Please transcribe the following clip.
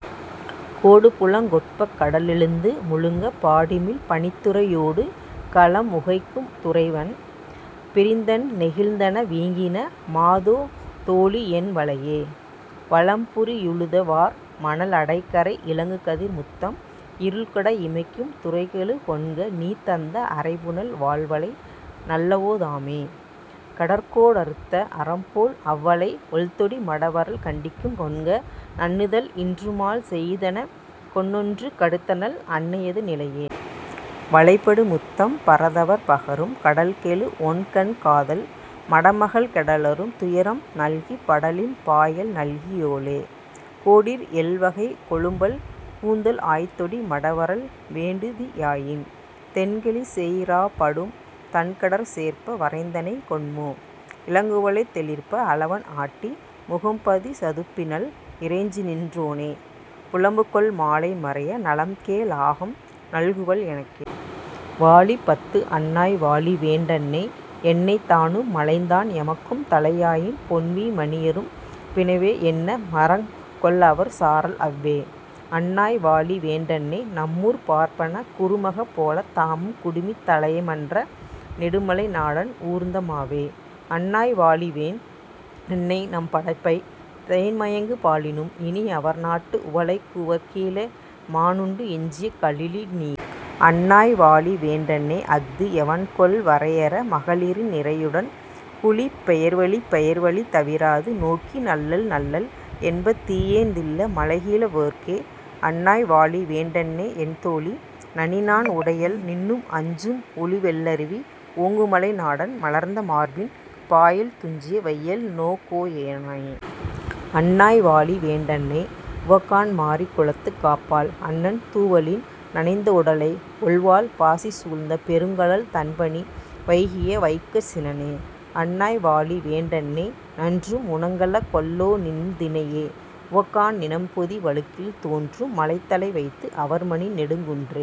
கோடுபுலங் கொட்பக் கடலெழுந்து முழுங்கப் பாடிமிழ் பனித்துறை யோடுகலம் உகைக்கும் துறைவன் பிரிந்தென நெகிழ்ந்தன வீங்கின மாதோ தொழிஎன் வளையே. வலம்புரியுழுத வார்மணல் அடைகரை இலங்குகதிர் முத்தம் இருள்கெட இமைக்கும் துரைகெழு கொண்கநீ தந்த அறைபுனல் வால்வளை நல்லவோ தாமே. கடற்கோ டறுத்த அரம்போழ் அவ்வளை ஒள்தொடி மடவரல் கண்டிக்கும் கொண்க நன்னுதல் இன்றுமால் செய்தெனக் கொன்ஒன்று கடுத்தனள் அன்னையது நிலையே. வளைபடு முத்தம் பரதவர் பகரும் கடல்கெழு கொண்கன் காதல் மடமகள் கெடலரும் துயரம் நல்கிப் படலின் பாயல் நல்கி யோளெ. கோடீர் எல்வளைக் கொழும்பல் கூந்தல் ஆய்தொடி மடவரல் வேண்டுதி யாயின் தென்கழி சேயிறாப் படூஉம் தன்கடற் சேர்ப்ப வரைந்தனை கொண்மோ. இலங்குவளை தெளிர்ப்ப அலவன் ஆட்டி முகம்புதை ச்துப்பினள் இறைஞ்ச்நின் றோனே புலம்புகொள் மாலை மறைய நலம்கேழ் ஆகம் நல்குவள் எனக்கே. வாழிப் பத்து அன்னாய் வாழிவேண் டன்னை என்னை தானும் மலைந்தான் எமக்கும் தழையாயின பொன்வீ மணியரும் பினவே என்ன மரம்கொல்அவர் சாரல் அவ்வே. அன்னாய் வாழிவேண் டன்னை நம்மூர்ப் பார்ப்பனக் குறுமகப் போலத் தாமும் குடுமித் தலைய மன்ற நெடுமலை நாடன் ஊர்ந்த மாவே. அன்னாய் வாழிவேன் டன்னைநம் படப்பை தேன்மயங்கு பாலினும் இனிய அவர்நாட்டு உவலை கூவற் கீழ மானுண்டு எஞ்சிய கலிழி நீரே. அன்னாய் வாழிவேண் டன்னைஅஃது எவன்கொல் வரையர மகளிரின் நிரையுடன் குழீஇப் பெயர்வழிப் பெயர் வழித் தவிராது நோக்கி நல்லள் நல்லள் என்ப தீயேன் தில்ல மலைகிழ வோர்க்கே. அன்னாய் வாழிவேண் டன்னையென் தோழி நனிநான் உடையள் நின்னும் அஞ்சும் ஒலிவெள் ளருவி ஓங்குமலை நாடன் மலர்ந்த மார்பின் பாயல் துஞ்சிய வெய்யள் நோகோ யானே. அன்னாய் வாழிவேண் டன்னை உவக்காண் மாரிக் குளத்துக் காப்பாள் அன்னன் தூவலின் நனைந்த தொடலை ஒள்வாள் பாசி சூழ்ந்த பெருங்கழல் தண்பனி வைகிய வைக்கச் சினனே. அன்னாய் வாழிவேண் டன்னை நன்றும் உணங்கல கொல்லோநின் தினையே உவக்காண் நிணம்பொதி வழுக்கில் தோன்றும் மழைத்தலை வைத்துஅவர் மணிநெடுங் குன்றே.